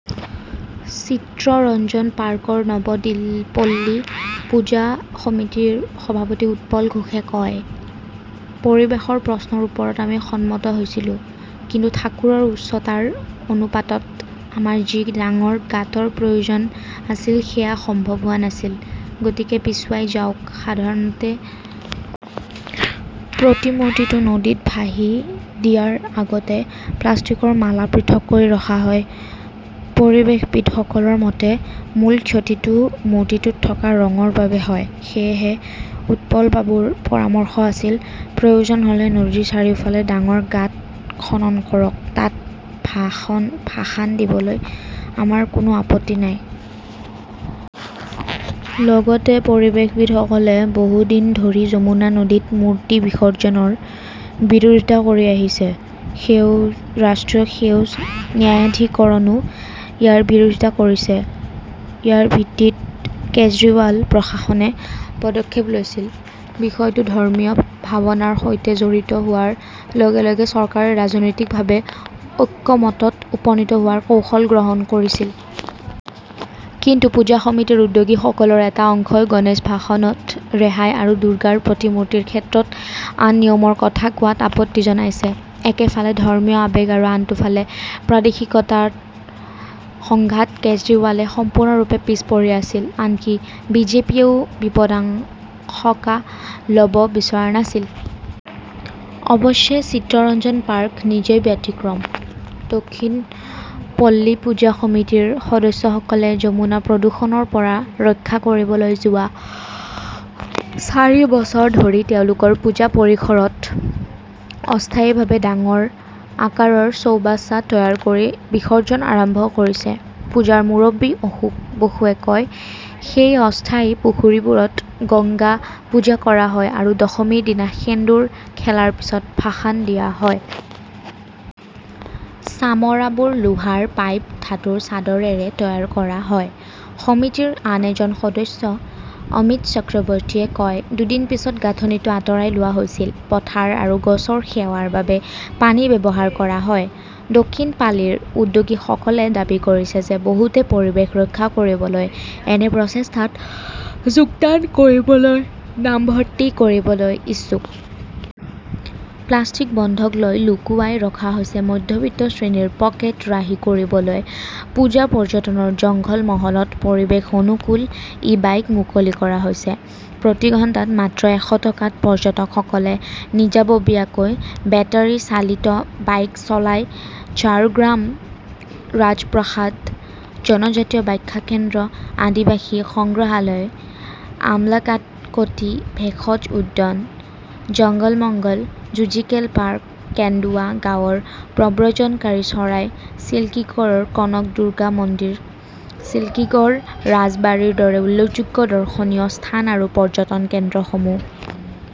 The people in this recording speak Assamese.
চিত্ৰৰঞ্জন পাৰ্কৰ নৱ দি পল্লী পূজা সমিতিৰ সভাপতি উৎপল ঘোষে কয়, পৰিৱেশৰ প্ৰশ্নৰ ওপৰত আমি সন্মত হৈছিলো। কিন্তু ঠাকুৰৰ উচ্চতাৰ অনুপাতত আমাৰ যি ডাঙৰ গাঁতৰ প্ৰয়োজন আছিল সেয়া সম্ভৱ হোৱা নাছিল। গতিকে পিছুৱাই যাওক। সাধাৰণতে প্ৰতিমূৰ্তিটো নদীত ভাহি দিয়াৰ আগতে প্লাষ্টিকৰ মালা পৃথক কৰি ৰখা হয়। পৰিৱেশবিদসকলৰ মতে মূল ক্ষতিটো মূৰ্তিটোত থকা ৰঙৰ বাবে হয়। সেয়েহে উৎপলবাবুৰ পৰামৰ্শ আছিল, প্ৰয়োজন হলে নদীৰ চাৰিওফালে ডাঙৰ গাঁত খনন কৰক। তাত ভাসান দিবলৈ আমাৰ কোনো আপত্তি নাই। লগতে পৰিৱেশবিদসকলে বহু দিন ধৰি যমুনা নদীত মূৰ্তি বিসৰ্জনৰ বিৰোধিতা কৰি আহিছে। ৰাষ্ট্ৰীয় সেউজ ন্যায়াধিকৰণো ইয়াৰ বিৰোধিতা কৰিছে। ইয়াৰ ভিত্তিত কেজৰিৱাল প্ৰশাসনে পদক্ষেপ লৈছিল। বিষয়টো ধৰ্মীয় ভাৱনাৰ সৈতে জড়িত হোৱাৰ লগে লগে চৰকাৰে ৰাজনৈতিকভাৱে ঐক্যমতত উপনীত হোৱাৰ কৌশল গ্ৰহণ কৰিছিল। কিন্তু পূজা সমিতিৰ উদ্যোগীসকলৰ এটা অংশই গণেশ ভাসনত ৰেহাই আৰু দুৰ্গাৰ প্ৰতিমূৰ্তিৰ ক্ষেত্ৰত আন নিয়মৰ কথা কোৱাত আপত্তি জনাইছে। একেফালে ধৰ্মীয় আৱেগ আৰু আনটো ফালে প্ৰাদেশিকতাৰ সংঘাত-কেজৰিৱালে সম্পূৰ্ণৰূপে পিছ পৰি আছিল। আনকি বিজেপিয়েও বিপদাশংকা লব বিচৰা নাছিল। অৱশ্যে, চিত্তৰঞ্জন পাৰ্ক নিজেই ব্যতিক্ৰম। দক্ষিণ পল্লী পূজা সমিতিৰ সদস্যসকলে যমুনা প্ৰদূষণৰ পৰা ৰক্ষা কৰিবলৈ যোৱা চাৰি বছৰ ধৰি তেওঁলোকৰ পূজা পৰিসৰত অস্থায়ীভাৱে ডাঙৰ আকাৰৰ চৌবাচা তৈয়াৰ কৰি বিসৰ্জন আৰম্ভ কৰিছে। পূজাৰ মুৰব্বী অশোক বসুৱে কয়, সেই অস্থায়ী পুখুৰীবোৰত গংগা পূজা কৰা হয় আৰু দশমীৰ দিনা সেন্দুৰ খেলাৰ পিছত ভাসান দিয়া হয়। চামৰাবোৰ লোহাৰ পাইপ, ধাতুৰ চাদৰেৰে তৈয়াৰ কৰা হয়। সমিতিৰ আন এজন সদস্য অমিত চক্ৰৱৰ্তীয়ে কয়, দুদিন পিছত গাঁথনিটো আঁতৰাই লোৱা হৈছিল। পথাৰ আৰু গছৰ সেৱাৰ বাবে পানী ব্যৱহাৰ কৰা হয়। দক্ষিণ পালিৰ উদ্যোগীসকলে দাবী কৰিছে যে বহুতে পৰিৱেশ ৰক্ষা কৰিবলৈ এনে প্ৰচেষ্টাত যোগদান কৰিবলৈ নামভৰ্তি কৰিবলৈ ইচ্ছুক। প্লাষ্টিক বন্ধক লৈ লুকুৱাই ৰখা হৈছে মধ্যবিত্ত শ্ৰেণীৰ পকেট ৰাহি কৰিবলৈ পূজা পৰ্যটনৰ জংঘলমহলত পৰিৱেশ অনুকূল ই-বাইক মুকলি কৰা হৈছে। প্ৰতি ঘণ্টাত মাত্ৰ এশ টকাত পৰ্যটকসকলে নিজাববীয়াকৈ বেটাৰি-চালিত বাইক চলাই ঝাৰগ্ৰাম ৰাজপ্ৰাসাদ, জনজাতীয় ব্যাখ্যা কেন্দ্ৰ, আদিবাসী সংগ্ৰহালয়, আমলাকটি ভেষজ উদ্যান, জঙ্গলমহল জুজিকেল পাৰ্ক, কেন্দুৱা গাঁৱৰ প্ৰব্ৰজনকাৰী চৰাই, চিল্কিগড়ৰ কনকদুৰ্গা মন্দিৰ, চিল্কিগড় ৰাজবাৰীৰ দৰে উল্লেখযোগ্য দৰ্শনীয় স্থান আৰু পৰ্যটন কেন্দ্ৰসমূহ।